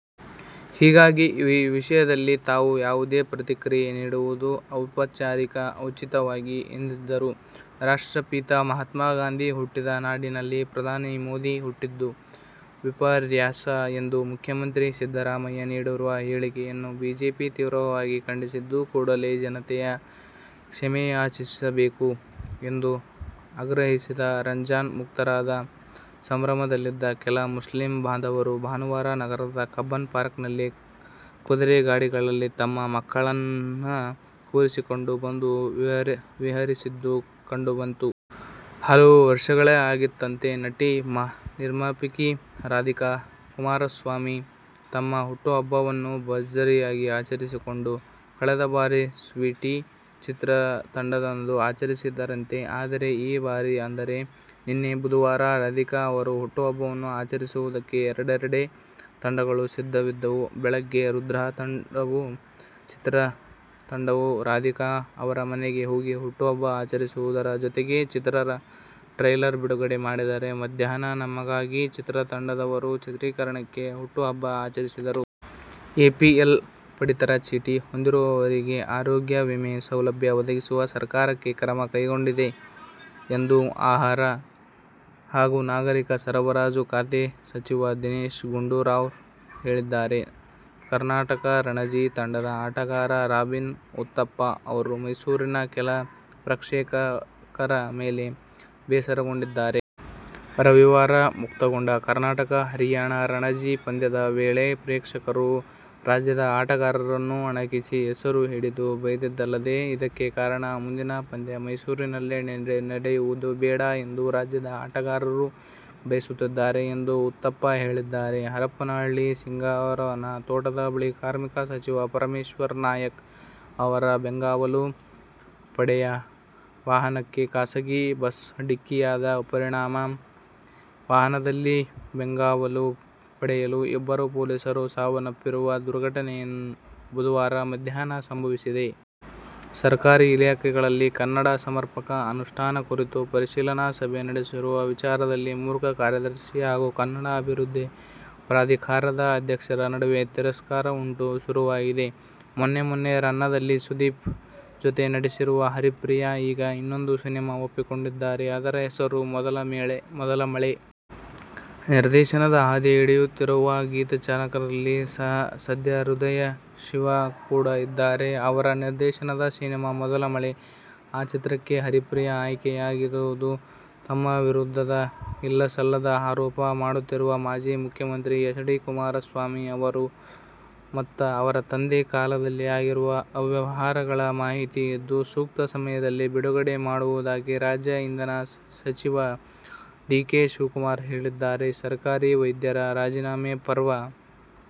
ಹಾಗಾಗಿ, ಈ ವಿಷಯದಲ್ಲಿ ತಾವು ಯಾವುದೇ ಪ್ರತಿಕ್ರಿಯೆ ನೀಡುವುದು ಔಚಿತ್ಯವಾಗದು ಎಂದರು. ರಾಷ್ಟ್ರಪಿತ ಮಹಾತ್ಮ ಗಾಂಧಿ ಹುಟ್ಟಿದ ನಾಡಲ್ಲಿ ಪ್ರಧಾನಿ ನರೇಂದ್ರ ಮೋದಿ ಹುಟ್ಟಿದ್ದು ವಿಪರ್ಯಾಸ ಎಂದು ಮುಖ್ಯಮಂತ್ತಿ ಸಿದ್ದರಾಮಯ್ಯ ನೀಡಿರುವ ಹೇಳಿಕೆಯನ್ನು ಬಿಜೆಪಿ ತೀವ್ರವಾಗಿ ಖಂಡಿಸಿದ್ದು, ಕೂಡಲೇ ಜನತೆಯ ಕ್ಷಮೆಯಾಚಿಸಬೇಕು ಎಂದು ಆಗ್ರಹಿಸಿದೆ. ರಂಜಾನ್ ಮುಕ್ತಾಯದ ಸಂಭ್ರಮದಲ್ಲಿದ್ದ ಕೆಲ ಮುಸ್ಲಿಂ ಬಾಂಧವರು ಭಾನುವಾರ ನಗರದ ಕಬ್ಬನ್ ಪಾರ್ಕ್ನಲ್ಲಿ ಕುದುರೆಗಾಡಿಗಳಲ್ಲಿ ತಮ್ಮ ಮಕ್ಕಳನ್ನು ಕೂರಿಸಿಕೊಂಡು ಬಂದು ವಿಹರಿಸಿದ್ದು ಕಂಡುಬಂತು. ಹಲವು ವರ್ಷಗಳೇ ಆಗಿತ್ತಂತೆ, ನಟಿ-ನಿರ್ಮಾಪಕಿ ರಾಧಿಕಾ ಕುಮಾರಸ್ವಾಮಿ ತಮ್ಮ ಹುಟ್ಟುಹಬ್ಬವನ್ನು ಭರ್ಜರಿಯಾಗಿ ಆಚರಿಸಿಕೊಂಡು. ಕಳೆದ ಬಾರಿ "ಸ್ವೀಟಿ' ಚಿತ್ರತಂಡದವರು ಆಚರಿಸಿದ್ದರಂತೆ. ಆದರೆ, ಈ ಬಾರಿ ಅಂದರೆ ನಿನ್ನೆ ಬುಧವಾರ ರಾಧಿಕಾ ಅವರ ಹುಟ್ಟುಹಬ್ಬವನ್ನು ಆಚರಿಸುವುದಕ್ಕೆ ಎರಡೆರೆಡು ತಂಡಗಳು ಸಿದ್ಧವಿದ್ಧವು. ಬೆಳಿಗ್ಗೆ "ರುದ್ರತಾಂಡವ' ಚಿತ್ರತಂಡದವರು ರಾಧಿಕಾ ಅವರ ಮನೆಗೆ ಹೋಗಿ ಹುಟ್ಟುಹಬ್ಬ ಆಚರಿಸುವುದರ ಜೊತೆಗೆ ಚಿತ್ರದ ಟ್ರೈಲರ್ ಬಿಡುಗಡೆ ಮಾಡಿದರೆ, ಮಧ್ಯಾಹ್ನ "ನಮಗಾಗಿ' ಚಿತ್ರತಂಡದವರು ಚಿತ್ರೀಕರಣದಲ್ಲಿ ಹುಟ್ಟುಹಬ್ಬ ಆಚರಿಸಿದರು. ಎಪಿಎಲ್ ಪಡಿತರ ಚೀಟಿ ಹೊಂದಿರುವವರಿಗೂ ಆರೋಗ್ಯ ವಿಮೆ ಸೌಲಭ್ಯ ಒದಗಿಸಲು ಸರಕಾರ ಕ್ರಮ ಕೈಗೊಂಡಿದೆ ಎಂದು ಆಹಾರ ಹಾಗೂ ನಾಗರಿಕ ಸರಬರಾಜು ಖಾತೆ ಸಚಿವ ದಿನೇಶ ಗುಂಡೂರಾವ್ ಹೇಳಿದರು. ಕರ್ನಾಟಕ ರಣಜಿ ತಂಡದ ಆಟಗಾರ ರಾಬಿನ್ ಉತ್ತಪ್ಪ ಅವರು ಮೈಸೂರಿನ ಕೆಲ ಪ್ರೇಕ್ಷಕರ ಮೇಲೆ ಬೇಸರಗೊಂಡಿದ್ದಾರೆ. ರವಿವಾರ ಮುಕ್ತಾಯಗೊಂಡ ಕರ್ನಾಟಕ-ಹರಿಯಾಣ ರಣಜಿ ಪಂದ್ಯದ ವೇಳೆ ಪ್ರೇಕ್ಷಕರು ರಾಜ್ಯದ ಆಟಗಾರರನ್ನು ಅಣಕಿಸಿ, ಹೆಸರು ಹಿಡಿದು ಬೈದಿದ್ದೇ ಇದಕ್ಕೆ ಕಾರಣ. ಮುಂದಿನ ಪಂದ್ಯ ಮೈಸೂರಿನಲ್ಲಿ ನಡೆಯುವುದೇ ಬೇಡ ಎಂದು ರಾಜ್ಯದ ಆಟಗಾರರು ಬಯಸುತ್ತಿದ್ದಾರೆ ಎಂದು ಉತ್ತಪ್ಪ ಹೇಳಿದ್ದಾರೆ. ಹರಪನಹಳ್ಳಿಯ ಸಿಂಗಾರವ್ವನ ತೋಟದ ಬಳಿ ಕಾರ್ಮಿಕ ಸಚಿವ ಪರಮೇಶ್ವರ್ ನಾಯ್ಕ್ ಅವರ ಬೆಂಗಾವಲು ಪಡೆಯ ವಾಹನಕ್ಕೆ ಖಾಸಗಿ ಬಸ್ ಢಿಕ್ಕಿಯಾದ ಪರಿಣಾಮ ವಾಹನದಲ್ಲಿದ್ದ ಬೆಂಗಾವಲು ಪಡೆಯ ಇಬ್ಬರು ಪೊಲೀಸರು ಸಾವನ್ನಪ್ಪಿರುವ ದುರ್ಘ ಟನೆ ಬುಧವಾರ ಮಧ್ಯಾಹ್ನ ಸಂಭವಿಸಿದೆ. ಸರ್ಕಾರಿ ಇಲಾಖೆಗಳಲ್ಲಿ ಕನ್ನಡ ಸಮರ್ಪಕ ಅನುಷ್ಠಾನ ಕುರಿತು ಪರಿಶೀಲನಾ ಸಭೆ ನಡೆಸುವ ವಿಚಾರದಲ್ಲಿ ಮುಖ್ಯ ಕಾರ್ಯದರ್ಶಿ ಹಾಗೂ ಕನ್ನಡ ಅಭಿವೃದ್ಧಿ ಪ್ರಾಧಿಕಾರದ ಅಧ್ಯಕ್ಷರ ನಡುವೆ ತಿಕ್ಕಾಟ ಶುರುವಾಗಿದೆ. ಮೊನ್ನೆ ಮೊನ್ನೆ "ರನ್ನ'ದಲ್ಲಿ ಸುದೀಪ್ ಜೊತೆ ನಟಿಸಿದ ಹರಿಪ್ರಿಯಾ, ಈಗ ಇನ್ನೊಂದು ಸಿನಿಮಾ ಒಪ್ಪಿಕೊಂಡಿದ್ದಾರೆ. ಅದರ ಹೆಸರು "ಮೊದಲ ಮಳೆ'. ನಿರ್ದೇಶನದ ಹಾದಿ ಹಿಡಿಯುತ್ತಿರುವ ಗೀತರಚನಾಕಾರರಲ್ಲಿ ಸದ್ಯ ಹೃದಯಶಿವ ಕೂಡ ಇದ್ದಾರೆ. ಅವರ ನಿರ್ದೇಶನದ ಸಿನಿಮಾ "ಮೊದಲ ಮಳೆ'. ಆ ಚಿತ್ರಕ್ಕೆ ಹರಿಪ್ರಿಯಾ ಆಯ್ಕೆಯಾಗಿರೋದು. ತಮ್ಮ ವಿರುದ್ಧ ಇಲ್ಲಸಲ್ಲದ ಆರೋಪ ಮಾಡುತ್ತಿರುವ ಮಾಜಿ ಮುಖ್ಯಮಂತ್ರಿ ಎಚ್. ಡಿ. ಕುಮಾರಸ್ವಾಮಿ ಮತ್ತು ಅವರ ತಂದೆ ಕಾಲದಲ್ಲಿ ಆಗಿರುವ ಅವ್ಯವಹಾರಗಳ ಮಾಹಿತಿ ಇದ್ದು, ಸೂಕ್ತ ಸಮಯದಲ್ಲಿ ಬಿಡುಗಡೆ ಮಾಡುವುದಾಗಿ ರಾಜ್ಯ ಇಂಧನ ಸಚಿವ ಡಿ. ಕೆ. ಶಿವಕುಮಾರ್ ಹೇಳಿದ್ದಾರೆ. ಸರ್ಕಾರಿ ವೈದ್ಯರ ರಾಜೀನಾಮೆ ಪರ್ವ